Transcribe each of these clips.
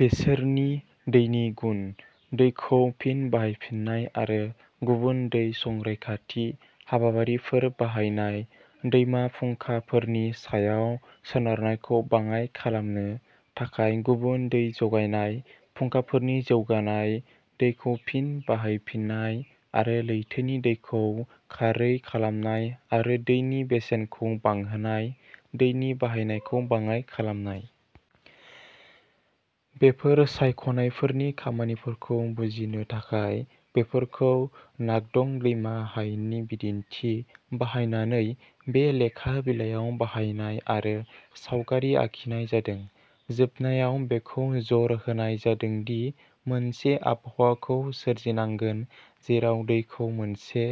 बिसोरनि दैनि गुन, दैखौ फिन बाहायफिननाय आरो गुबुन दै संरैखाथि हाबाफारिफोर बाहायनाय; दैमा फुंखाफोरनि सायाव सोनारनायखौ बाङाइ खालामनो थाखाय गुबुन दै जगायनाय फुंखाफोरनि जौगानाय; दैखौ फिन बाहायफिननाय आरो लैथोनि दैखौ खारै खालामनाय आरो दैनि बेसेनखौ बांहोनाय, दैनि बाहायनायखौ बाङाइ खालामनाय। बेफोर सायख'नायफोरनि खामानिफोरखौ बुजिनो थाखाय, बेफोरखौ नाक-डं दैमा हायेननि बिदिन्थि बाहायनानै बे लेखा बिलायाव बाहायनाय आरो सावगारि आखिनाय जादों। जोबनायाव, बेखौ जर होनाय जादों दि मोनसे आबहावाखौ सोरजिनांगोन जेराव दैखौ मोनसे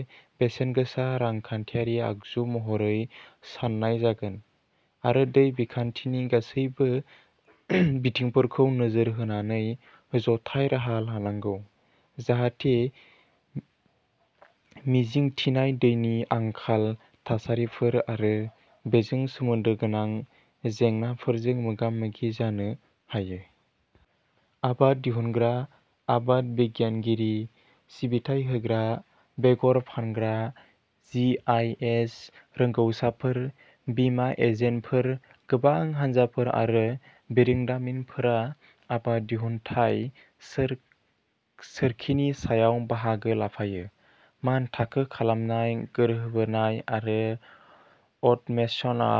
बेसेनगोनां रांखान्थियारि आगजु महरै सान्नाय जागोन, आरो दै बिखान्थिनि गासैबो बिथिंफोरखौ नोजोर होनानै जथाय राहा लानांगौ, जाहाथे मिजिंथिनाय दैनि आंखाल थासारिफोर आरो बेजों सोमोन्दो गोनां जेंनाफोरजों मोगा-मोगि जानो हायो। आबाद दिहुनग्रा, आबाद बिगियानगिरि, सिबिथाय होग्रा, बेगर फानग्रा, जि आइ एस रोंग'साफोर, बीमा एजेन्टफोर गोबां हानजाफोर आरो बिरोंदामिनफोरा आबाद दिहुनथाय सोरखिनि समाव बाहागो लाफायो। मानथाखो खालामनाय, गोरोबहोनाय आरो अट'मेसनआ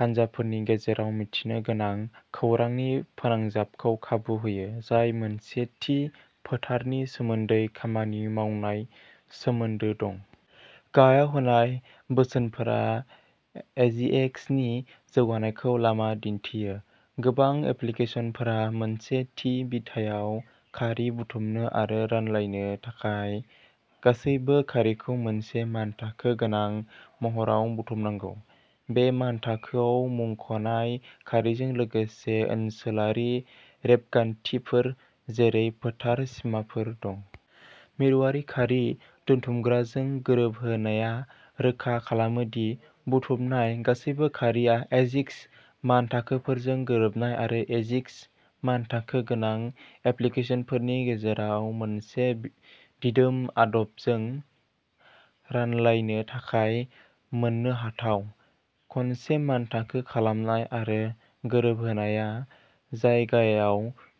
हानजाफोरनि गेजेराव मिन्थिनो गोनां खौरांनि फोनांजाबखौ खाबु होयो जाय मोनसे थि फोथारनि सोमोन्दै खामानि मावनाय सोमोन्दो दं। गाहायाव होनाय बोसोनफोरा एजिएक्स नि जौगानायखौ लामा दिन्थियो। गोबां एप्लिकेसनफोरा मोनसे थि बिथायाव खारि बुथुमनो आरो रानलायनो थाखाय, गासैबो खारिखौ मोनसे मानथाखो गोनां महराव बुथुमनांगौ। बे मानथाखोआव मुंख'नाय खारिजों लोगोसे ओनसोलारि रेबगान्थिफोर, जेरै फोथार सिमाफोर दं। मिरुआरि खारि दोनथुमग्राजों गोरोबहोनाया रोखा खालामो दि बुथुमनाय गासैबो खारिआ एजिएक्स मानथाखोफोरजों गोरोबनाय आरो एजिएक्स मानथाखो गोनां एप्लिकेसनफोरनि गेजेराव मोनसे दिदोम आदबजों रानलायनो थाखाय मोननोहाथाव। खनसे मानथाखो खालामनाय आरो गोरोबहोनाया जायगायाव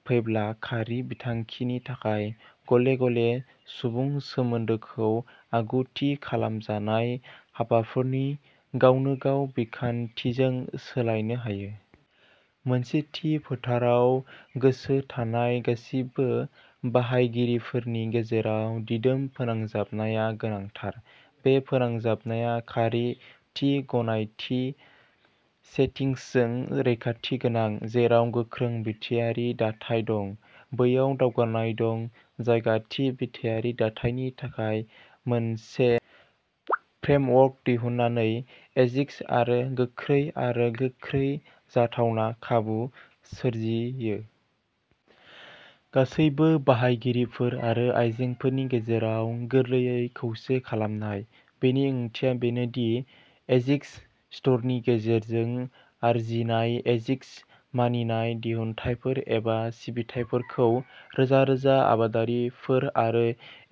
फैब्ला, खारि बिखान्थिनि थाखाय गले गले सुबुं सोमोनदोखौ आगु-थि खालामजानाय हाबाफोरनि गावनोगाव बिखान्थिजों सोलायनो हायो। मोनसे थि फोथाराव गोसो थानाय गासिबो बाहायगिरिफोरनि गेजेराव दिदोम फोनांजाबनाया गोनांथार। बे फोनांजाबनाया खारि थि गनायथि सेटिंसजों रैखाथि गोनां। जेराव गोख्रों बिथायारि दाथाय दं, बैयाव दावगानाय दं। जायगा थि बिथायारि दाथायनि थाखाय मोनसे फ्रेमवर्क दिहुननानै, एजिएक्स आ गोख्रै आरो गोख्रै जाथावना खाबु सोरजियो। गासैबो बाहायगिरिफोर आरो आयजेंफोरनि गेजेराव गोरलैयै खौसे खालामनाय। बेनि ओंथिया बेनो दि एजिएक्स स्ट'रनि गेजेरजों आरजिनाय एजिएक्स मानिनाय दिहुनथायफोर एबा सिबिथाइफोरखौ रोजा-रोजा आबादारिफोर आरो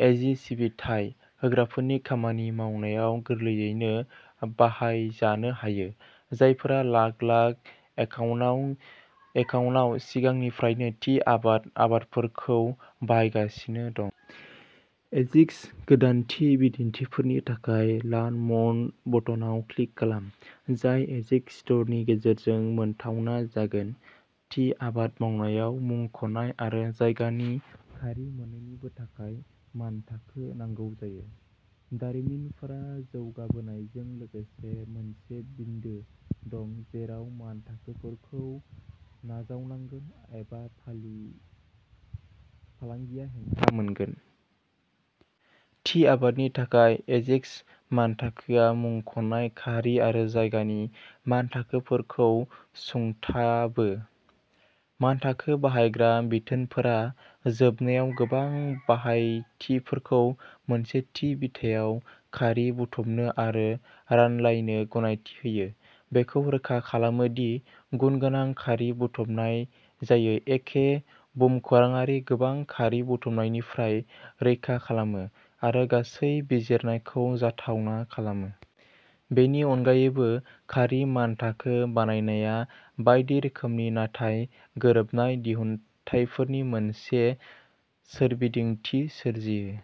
एजि सिबिथाय होग्राफोरनि खामानि मावनायाव गोरलैयैनो बाहायजानो हायो, जायफोरा लाख-लाख एकड़आव सिगांनिफ्रायनो थि आबाद आदबफोरखौ बाहायगासिनो दं। एजिएक्स गोदानथि बिदिन्थिफोरनि थाखाय लार्न मर बटनाव क्लिक खालाम, जाय एजिएक्स स्ट'रनि गेजेरजों मोनथावना जागोन। थि आबाद मावनायाव मुंख'नाय आरो जायगानि खारि मोन्नैनिबो थाखाय मानथाखो नांगौ जायो। दारिमिनफोरा जौगाबोनायजों लोगोसे, मोनसे बिन्दो दं जेराव मानथाखोफोरखौ नाजावनांगोन एबा फालांगिया हेंथा मोनगोन। थि आबादनि थाखाय एजिएक्स मानथाखोआ मुंख'नाय खारि आरो जायगानि मानथाखोफोरखौ सुंथाबो। मानथाखो बाहायग्रा बिथोनफोरा जोबनायाव गोबां बाहायथिफोरखौ मोनसे थि बिथायाव खारि बुथुमनो आरो रानलायनो गनायथि होयो, बेखौ रोखा खालामो दि गुनगोनां खारि बुथुमनाय जायो, एखे भुमखौराङारि गोबां खारि बुथुमनायनिफ्राय रैखा खालामो, आरो गासै बिजिरनायखौ जाथावना खालामो। बेनि अनगायैबो, खारि मानथाखो बानायनाया बायदि रोखोमनि नाथाय गोरोबनाय दिहुनथायफोरनि मोनसे सोरबिथिं सोरजियो।